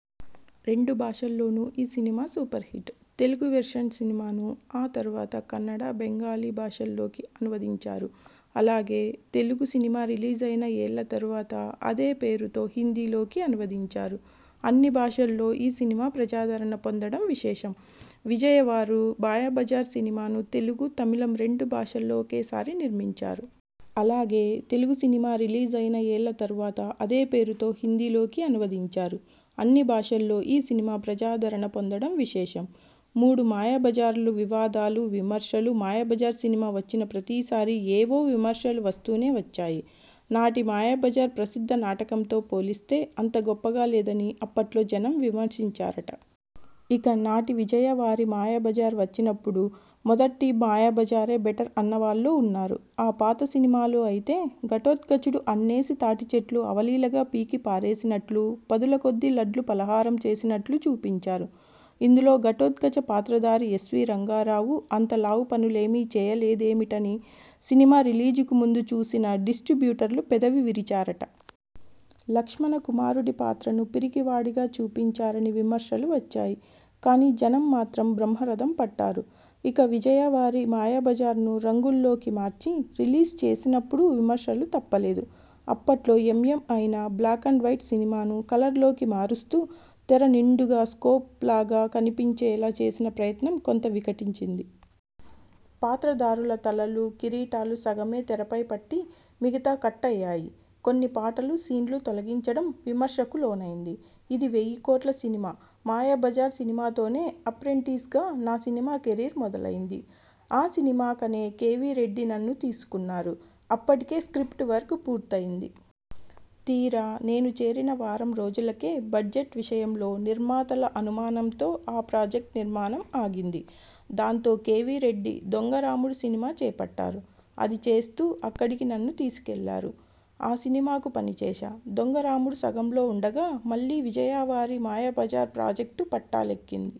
రెండు భాషల్లోనూ ఈ cinema super hit. Telugu version సినిమాను ఆ తరువాత కన్నడ, బెంగాలీ భాషల్లోకి అనువదించారు. అలాగే, తెలుగు సినిమారిలీజైన ఏళ్ళ తరువాత అదే పేరుతో హిందీలోకి అనువదించారు. అన్ని భాషల్లో ఈ సినిమా ప్రజాదరణ పొందడం విశేషం. విజయ వారు మాయాబజార్ సినిమాను తెలుగు, తమిళం రెండు భాషల్లో ఒకేసారి నిర్మించారు. అలాగే, తెలుగు సినిమారిలీజైన ఏళ్ళ తరువాత అదే పేరుతో హిందీలోకి అనువదించారు. అన్ని భాషల్లో ఈ సినిమా ప్రజాదరణ పొందడం విశేషం. మూడు మాయాబజార్లు వివాదాలు విమర్శలు మాయాబజార్ సినిమా వచ్చిన ప్రతిసారీ ఏవో విమర్శలు వస్తూనే వచ్చాయి. నాటి మాయాబజార్ ప్రసిద్ధ నాటకంతో పోలిస్తే అంత గొప్పగా లేదని అప్పట్లో జనం విమర్శించారట. ఇక, నాటి విజయా వారి మాయాబజార్ వచ్చినప్పుడు మొదటి మాయాబజారే బెటర్ అన్నవాళ్ళూ ఉన్నారు. ఆ పాత సినిమాలో అయితే, ఘటోత్కచుడు అన్నేసి తాటి చెట్లు అవలీలగా పీకి పారేసినట్లూ, పదుల కొద్దీ లడ్లు ఫలహారం చేసినట్లూ చూపించారు. ఇందులో ఘటోత్కచ పాత్రధారి ఎస్వీ రంగారావు అంత లావు పనులేమీ చేయలేదేమిటని సినిమా రిలీజుకు ముందు చూసిన డిస్ట్రిబ్యూటర్లు పెదవి విరిచారట. లక్ష్మణ కుమారుడి పాత్రను పిరికివాడిగా చూపించారని విమర్శలు వచ్చాయి. కానీ జనం మాత్రం బ్రహ్మరథం పట్టారు. ఇక, విజయా వారి మాయాబజార్ను రంగుల్లోకి మార్చి, రిలీజ్ చేసినప్పుడూ విమర్శలు తప్పలేదు. అప్పట్లో ఎం. ఎం. అయిన బ్లాక్ అండ్ వైట్ సినిమాను కలర్లోకి మారుస్తూ, తెర నిండుగా స్కోప్ లాగా కనిపించేలా చేసిన ప్రయత్నం కొంత వికటించింది. పాత్రధారుల తలలు, కిరీటాలు సగమే తెరపై పట్టి, మిగతా కట్ అయ్యాయి. కొన్ని పాటలు, సీన్లు తొలగించడం విమర్శకులోనైంది. ఇది వెయ్యికోట్ల సినిమా ''మాయాబజార్ సినిమాతోనే అప్రెంటిస్ గా నా సినిమా కెరీర్ మొదలైంది. ఆ సినిమాకనే కె. వి. రెడ్డి నన్ను తీసుకున్నారు. అప్పటికే స్ర్కిప్ట్ వర్క్ పూర్తయింది. తీరా, నేను చేరిన వారం రోజులకే బడ్జెట్ విషయంలో నిర్మాతల అనుమానంతో ఆ ప్రాజెక్ట్ నిర్మాణం ఆగింది. దాంతో, కె. వి. రెడ్డి 'దొంగరాముడు' సినిమా చేపట్టారు. అది చేస్తూ, అక్కడికి నన్ను తీసుకెళ్ళారు. ఆ సినిమాకు పనిచేశా. దొంగరాముడు సగంలో ఉండగా, మళ్ళీ విజయా వారి మాయాబజార్ ప్రాజెక్ట్ పట్టాలెక్కింది.